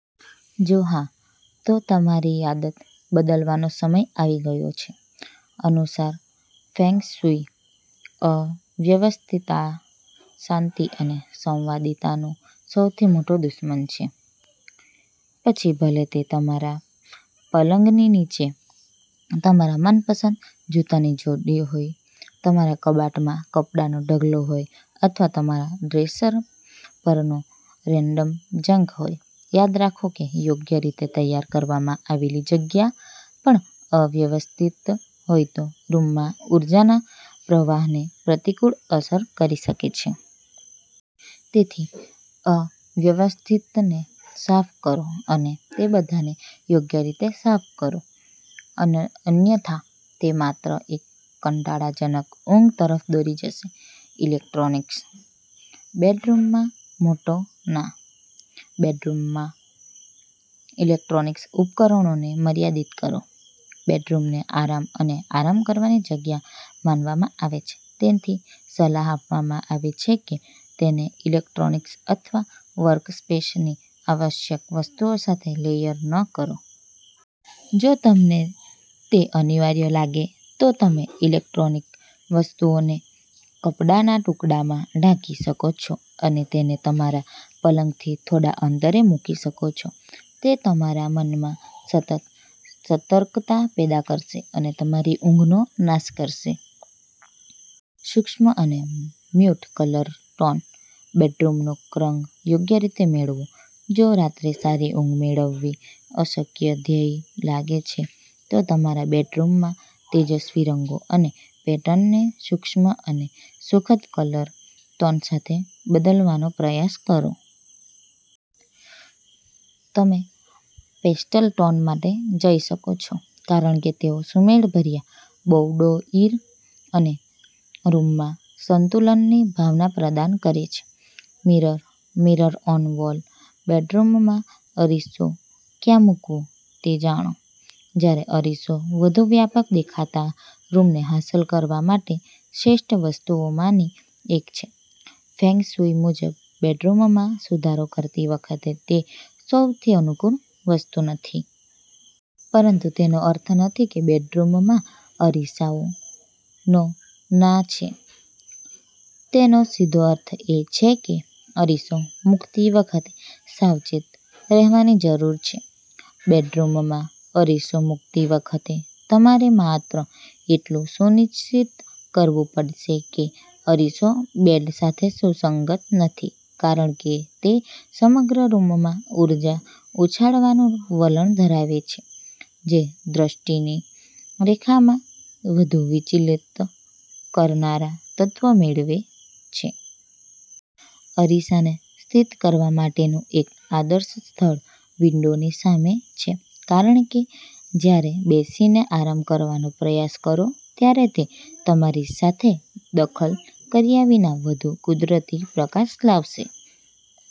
જો હા, તો તમારી આદત બદલવાનો સમય આવી ગયો છે. અનુસાર ફેંગ શુઇ, અવ્યવસ્થિતતા શાંતિ અને સંવાદિતાનો સૌથી મોટો દુશ્મન છે. પછી ભલે તે તમારા પલંગની નીચે તમારા મનપસંદ જૂતાની જોડી હોય, તમારા કબાટમાં કપડાંનો ઢગલો હોય, અથવા તમારા ડ્રેસર પરનો રેન્ડમ જંક હોય, યાદ રાખો કે યોગ્ય રીતે તૈયાર કરવામાં આવેલી જગ્યા પણ અવ્યવસ્થિત હોય તો રૂમમાં ઊર્જાના પ્રવાહને પ્રતિકૂળ અસર કરી શકે છે. તેથી, અવ્યવસ્થિતને સાફ કરો અને તે બધાને યોગ્ય રીતે સાફ કરો, અનઅન્યથા, તે માત્ર એક કંટાળાજનક ઊંઘ તરફ દોરી જશે. ઈલેક્ટ્રોનિક્સ, બેડરૂમમાં મોટો ના! બેડરૂમમાં ઇલેક્ટ્રોનિકસ ઉપકરણોને મર્યાદિત કરો. બેડરૂમને આરામ અને આરામ કરવાની જગ્યા માનવામાં આવે છે, તેથી સલાહ આપવામાં આવે છે કે તેને ઇલેક્ટ્રોનિક્સ અથવા વર્કસ્પેસની આવશ્યક વસ્તુઓ સાથે લેયર ન કરો. જો તમને તે અનિવાર્ય લાગે, તો તમે ઈલેક્ટ્રોનિક વસ્તુઓને કપડાના ટુકડામાં ઢાંકી શકો છો અને તેને તમારા પલંગથી થોડા અંતરે મૂકી શકો છો. તે તમારા મનમાં સતત સતર્કતા પેદા કરશે અને તમારી ઊંઘનો નાશ કરશે. સૂક્ષ્મ અને મ્યૂટ કલર ટોન. બેડરૂમનો રંગ યોગ્ય રીતે મેળવો! જો રાત્રે સારી ઊંઘ મેળવવી અશક્ય ધ્યેય લાગે છે, તો તમારા બેડરૂમમાં તેજસ્વી રંગો અને પેટર્નને સૂક્ષ્મ અને સુખદ કલર ટોન સાથે બદલવાનો પ્રયાસ કરો. તમે પેસ્ટલ ટોન માટે જઈ શકો છો કારણ કે તેઓ સુમેળભર્યા બૌડોઇર અને રૂમમાં સંતુલનની ભાવના પ્રદાન કરે છે. Mirror, mirror on wall. બેડરૂમમાં અરીસો ક્યાં મૂકવો તે જાણો. જ્યારે અરીસો વધુ વ્યાપક દેખાતા રૂમને હાંસલ કરવા માટે શ્રેષ્ઠ વસ્તુઓમાંની એક છે, ફેંગ શુઇ મુજબ બેડરૂમમાં સુધારો કરતી વખતે તે સૌથી અનુકૂળ વસ્તુ નથી. પરંતુ તેનો અર્થ નથી કે બેડરૂમમાં અરીસાઓ નો-ના છે. તેનો સીધો અર્થ એ છે કે અરીસો મૂકતી વખતે સાવચેત રહેવાની જરૂર છે. બેડરૂમમાં અરીસો મૂકતી વખતે, તમારે માત્ર એટલું સુનિશ્ચિત કરવું પડશે કે અરીસો બેડ સાથે સુસંગત નથી કારણ કે તે સમગ્ર રૂમમાં ઊર્જા ઉછાળવાનું વલણ ધરાવે છે જે દૃષ્ટિની રેખામાં વધુ વિચલિત કરનારા તત્વો મેળવે છે. અરીસાને સ્થિત કરવા માટેનું એક આદર્શ સ્થળ વિન્ડોની સામે છે કારણ કે જ્યારે બેસીને આરામ કરવાનો પ્રયાસ કરો ત્યારે તે તમારી સાથે દખલ કર્યા વિના વધુ કુદરતી પ્રકાશ લાવશે